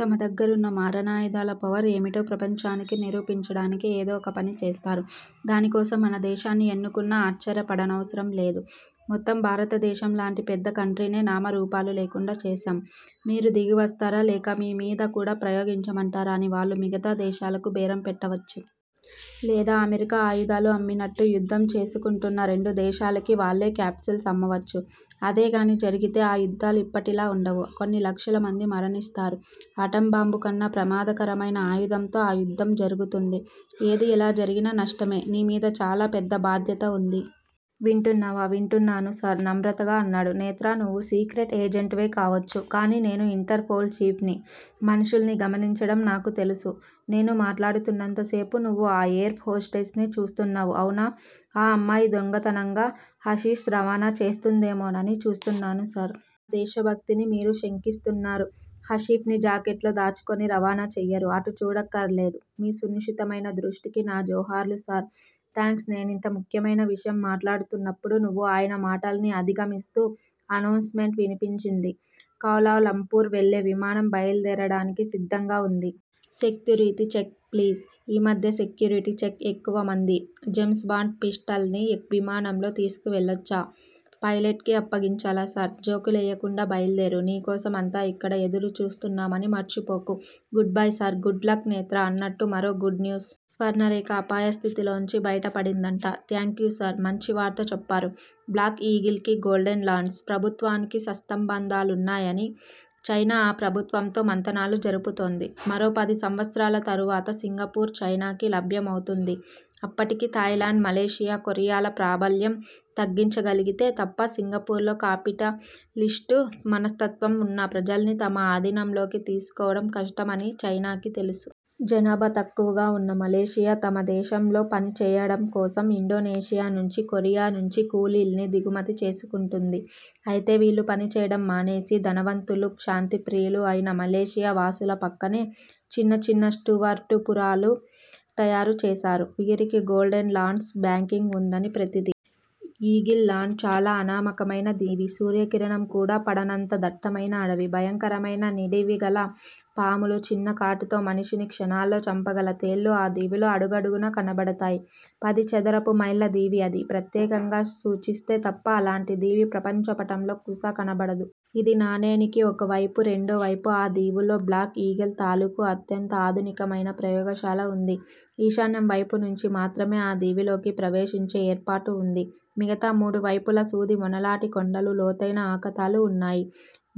తమ దగ్గరున్న మారణాయుధాల పవర్ ఏమిటో ప్రపంచానికి నిరూపించడానికి ఏదో ఒక పని చేస్తారు. దానికోసం మన దేశాన్ని ఎన్నుకున్నా ఆశ్చర్యపడనవసరంలేదు. మొత్తం భారతదేశంలాంటి పెద్ద కంట్రీనే నామరూపాలు లేకుండా చేశాం- మీరు దిగివస్తారా- లేక మీమీద కూడా ప్రయోగించమంటారా అని వాళ్ళు మిగతా దేశాలకు బేరం పెట్టవచ్చు. లేదా- అమెరికా ఆయుధాలు అమ్మినట్టు యుద్ధం చేసుకుంటున్న రెండు దేశాలకీ వాళ్ళే క్యాప్సూల్స్ అమ్మవచ్చు. అదేగానీ జరిగితే ఆ యుద్ధాలు ఇప్పటిలా వుండవు. కొన్ని లక్షలమంది మరణిస్తారు. ఆటంబాంబుకన్నా ప్రమాదకరమైన ఆయుధంతో ఆ యుద్ధం జరుగుతుంది. ఏది ఎలా జరిగినా నష్టమే. నీ మీద చాలా పెద్ద బాధ్యత వుంది. వింటున్నావా? వింటున్నాను సార్ నమత్రగా అన్నాడు. నేత్రా, నువ్వు సీక్రెట్ ఏజెంట్ వే కావొచ్చు. కానీ నేను ఇంటర్ పోల్ చీఫ్ ని. మనుష్యుల్ని గమనించడం నాకూ తెలుసు. నేను మాట్లాడుతున్నంతసేపూ నువ్వు ఆ ఎయిర్ హోస్టెస్ ని చూస్తున్నావు. అవునా? ఆ అమ్మాయి దొంగతనంగా హషిష్ రవాణా చేస్తుందేమోనని చూస్తున్నాను సార్. నా దేశభక్తిని మీరు శంకిస్తున్నారు. హషిప్ ని జాకెట్ లో దాచుకుని రవాణా చెయ్యరు. అటు చూడక్కర్లేదు. మీ సునిశితమైన దృష్టికి నా జోహార్లు సర్. థాంక్స్ నేనింత ముఖ్యమైన విషయం మాట్లాడుతున్నప్పుడు నువ్వు ఆయన మాటల్ని అధిగమిస్తూ అనౌన్స్ మెంట్ వినిపించింది. కౌలాలంపూర్ వెళ్ళే విమానం బయల్దేరడానికి సిద్ధంగా వుంది. సేక్తూరితీ చెక్ ప్లీజ్- ఈ మధ్య సెక్యూరిటీ చెక్ ఎక్కువమంది. జేమ్స్ బాండ్ పిస్టల్ ని విమానంలో తీసుకు వెళ్ళొచ్చా? పైలెట్ కి అప్పగించాలా సార్? జోకు లెయ్యకుండా బయల్దేరు. నీ కోసం అంతా ఇక్కడ ఎదురు చూస్తున్నామని మర్చిపోకు. Goodbye sir- good luck Netra- అన్నట్టు మరో గుడ్ న్యూస్. స్వర్ణరేఖ అపాయ స్థితిలోంచి బైటపడిందట. Thank you sir. మంచివార్త చెప్పారు. బ్లాక్ ఈగిల్ కి, గోల్డెన్ లాండ్స్ ప్రభుత్వానికీ సత్సంబంధాలున్నాయి. చైనా ఆ ప్రభుత్వంతో మంతనాలు జరుపుతోంది. మరో పది సంవత్సరాల తరువాత సింగపూర్ చైనాకి లభ్యమవుతుంది. అప్పటికి థాయిలాండ్, మలేషియా, కొరియాల ప్రాబల్యం తగ్గించగలిగితే తప్ప, సింగపూర్ లో కాపిటలిస్టు మనస్తత్వం వున్న ప్రజల్ని తమ ఆధీనంలోకి తీసుకోవడం కష్టం అని చైనాకి తెలుసు. జనాభా తక్కువగా వున్న మలేషియా, తమ దేశంలో పని చెయ్యడంకోసం ఇండోనేషియా నుంచీ, కొరియా నుంచి కూలీల్ని దిగుమతి చేసుకుంటూంది. అయితే వీళ్ళు పని చేయడం మానేసి, ధనవంతులూ, శాంతిప్రియులూ అయిన మలేషియా వాసుల పక్కనే చిన్న చిన్న స్టూవర్టుపురాలు తయారు చేశారు. వీరికి గోల్డెన్ లాండ్స్ బ్యాకింగ్ వుందని ప్రతీతి. ఈగిల్ లాండ్ చాలా అనామకమైన దీవి. సూర్యకిరణం కూడా పడనంత దట్టమైన అడవి. భయంకరమైన నిడివిగల పాములు, చిన్న కాటుతో మనిషిని క్షణాల్లో చంపగల తేళ్ళు ఆ దివిలో అడుగడుగునా కనపడతాయి. పది చదరపు మైళ్ళదీవి అది. ప్రత్యేకంగా సూచిస్తే తప్ప, అలాంటి దీవి ప్రపంచపటంలో కూసా కనబడదు. ఇది నాణేనికి ఒకవైపు రెండో వైపు ఆ దీవిలో బ్లాక్ ఈగిల్ తాలూకు అత్యంత ఆధునికమైన ప్రయోగశాల వుంది. ఈశాన్యం వైపునుంచి మాత్రమే ఆ దీవిలోకి ప్రవేశించే ఏర్పాటు వుంది. మిగతా మూడువైపులా సూదిమొనలాటి కొండలూ, లోతైన అఖాతాలు వున్నాయి.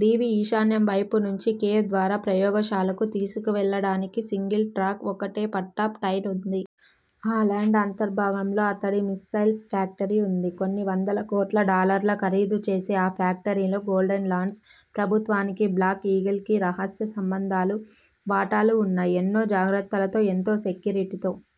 దీవి ఈశాన్యం వైపునుంచి, కేవ్ ద్వారా ప్రయోగశాలకు తీసుకువెళ్ళడానికి సింగిల్ ట్రాక్ ఒకటే పట్టా_ టైన్ వుంది. ఆ లాండ్ అంతర్భాగంలో అతడి మిస్సైల్ ఫ్యాక్టరీ వుంది. కొన్ని వందల కోట్ల డాలర్ల ఖరీదు చేసే ఆ ఫ్యాక్టరీలో గోల్డెన్ లాండ్స్ ప్రభుత్వానికీ, బ్లాక్ ఈగిల్ కీ రహస్య సంబంధాలు, వాటాలూ వున్నాయి. ఎన్నో జాగ్రత్తలతో, ఎంతో సెక్యూరిటీతో